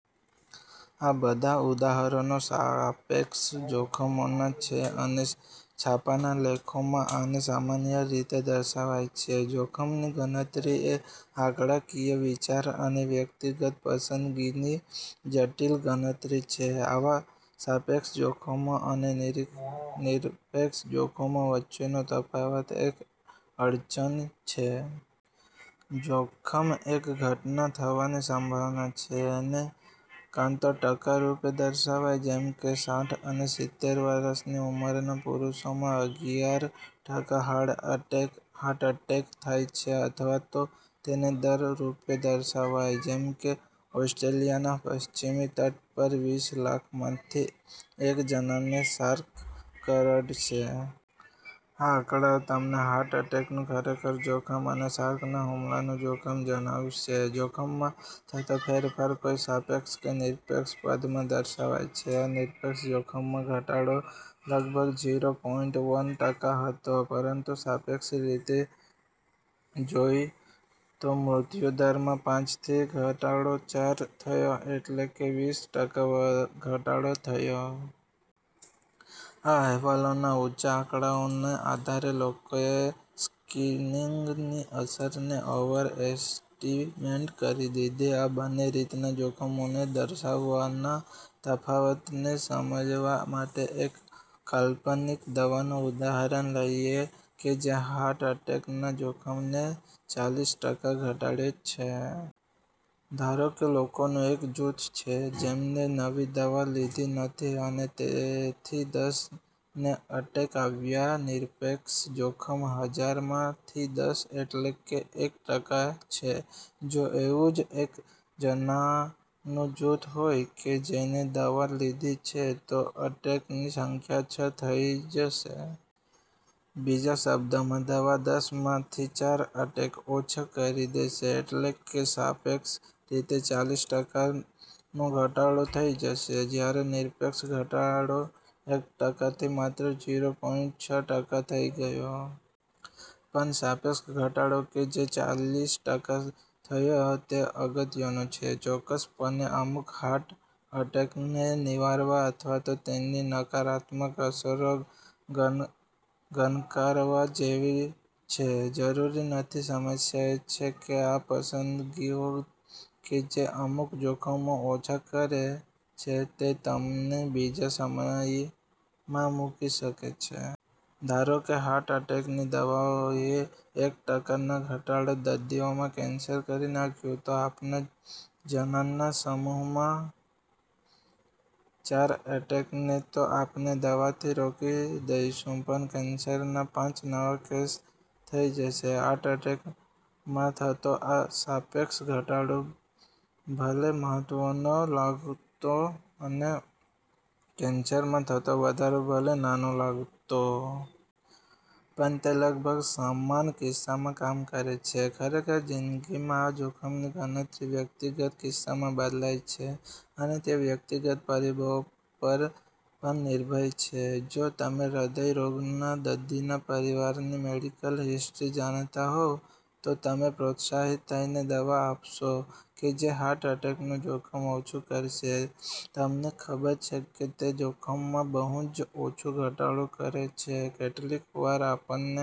આ બધાં ઉદાહરણો સાપેક્ષ જોખમોનાં છે, અને છાપાનાં લેખોમાં આને સામાન્ય રીતે દર્શાવાય છે. જોખમની ગણતરી એ આંકડાકીય વિચાર અને વ્યક્તિગત પસંદગીની જટિલ ગણતરી છે. આવાં સાપેક્ષ જોખમો અને નિરપેક્ષ જોખમો વચ્ચેનો તફાવત એક અડચણ છે. જોખમ એક ઘટના થવાની સંભાવના છે. એને કાં તો ટકા રૂપે દર્શાવાય-- જેમકે સાઠ અને સિત્તેર વર્ષની ઉંમરના પુરુષોમાં અગિયાર ટકા હાર્ટ અટેક થાય છે. અથવા તો એને દર રૂપે દર્શાવાય- જેમકે ઑસ્ટ્રેલિયાના પશ્ચિમી તટ પર વીસ લાખમાંથી એક જણાને શાર્ક કરડશે. આ આંકડાઓ તમને હાર્ટ અટેકનું ખરેખર જોખમ અને શાર્કના હુમલાનું જોખમ જણાવશે. જોખમમાં થતો ફેરફાર કોઈ સાપેક્ષ કે નિરપેક્ષ પદમાં દર્શાવાય છે. આ નિરપેક્ષ જોખમમાં ઘટાડો લગભગ ઝીરો પોઈન્ટ વન ટકા હતો. પરંતુ સાપેક્ષ રીતે જોઈએ તો મૃત્યુદર માં પાંચ થી ઘટાડો ચાર થયો એટલે કે વીસ ટકા ઘટાડો થયો. આ અહેવાલોના ઉંચા આંકડાને આધારે લોકોએ સ્ક્રીનિંગની અસરને ઓવરએસ્ટિમેટ કરી દીધી. આ બંને રીતના જોખમોને દર્શાવવાના તફાવતને સમજવા માટે એક કાલ્પનિક દવાનું ઉદાહરણ લઈએ કે જે હાર્ટ એટેકના જોખમને ચાલીસ ટકા ઘટાડે છે. ધારો કે લોકોનું એક જૂથ છે, જેમને નવી દવા લીધી નથી અને તેથી દસ ને અટેક આવ્યા. નિરપેક્ષ જોખમ હજાર માં થી દસ એટલે કે એક ટકા છે. જો એવું જ એક જણાનું જૂથ હોય કે જેણે દવા લીધી છે તો અટેકની સંખ્યા છ થઇ જશે. બીજા શબ્દોમાં, દવા દસ માં થી ચાર અટેક ઓછા કરી દેશે; એટલે કે સાપેક્ષ રીતે ચાલીસ ટકા નો ઘટાડો થઇ જશે. જ્યારે, નિરપેક્ષ ઘટાડો એક ટકા થી માત્ર ઝીરો પોઈન્ટ છ ટકા થઇ ગયો. પણ સાપેક્ષ ઘટાડો કે જે ચાલીસ ટકા થયો તે અગત્યનો છે. ચોક્કસપણે અમુક હાર્ટ એટેકને નિવારવા અથવા તેની નકારાત્મક અસરો ગણકારવા જેવી છે? જરૂરી નથી. સમસ્યા એ છે કે આ પસંદગીઓ કે જે અમુક જોખમો ઓછા કરે છે તે તમને બીજી સમયમાં મૂકી શકે છે. ધારોકે હાર્ટ અટેકની દવાઓએ એક ટકા ના અડધાં દર્દીમાં કેન્સર કરી નાખ્યું. તો આપણા જણાનાં સમૂહમાં ચાર એટેકને તો આપણે દવાથી રોકી દઈશું પણ કેન્સરના પાંચ નવા કેસ થઇ જશે. હાર્ટ એટેકમાં થતો આ સાપેક્ષ ઘટાડો ભલે મહત્વનો લાગતો અને કેન્સરમાં થતો વધારો ભલે નાનો લાગતો. પણ તે લગભગ સમાન કિસ્સામાં કામ કરે છે. ખરેખર જિંદગીમાં આ જોખમની ગણતરી વ્યક્તિગત કિસ્સામાં બદલાય છે અને તે વ્યકિગત પરિબળો પર પણ નિર્ભર છે. જો તમે હ્ર્દય રોગના દર્દીના પરિવારની મેડિકલ હિસ્ટ્રી જાણતા હોવ તો તમે પ્રોત્સાહિત થઈને દવા આપશો કે જે હાર્ટ એટેકનું જોખમ ઓછું કરશે, તમને ખબર છે કે તે જોખમમાં બહુ જ ઓછો ઘટાડો કરે છે. કેટલીક વાર, આપણે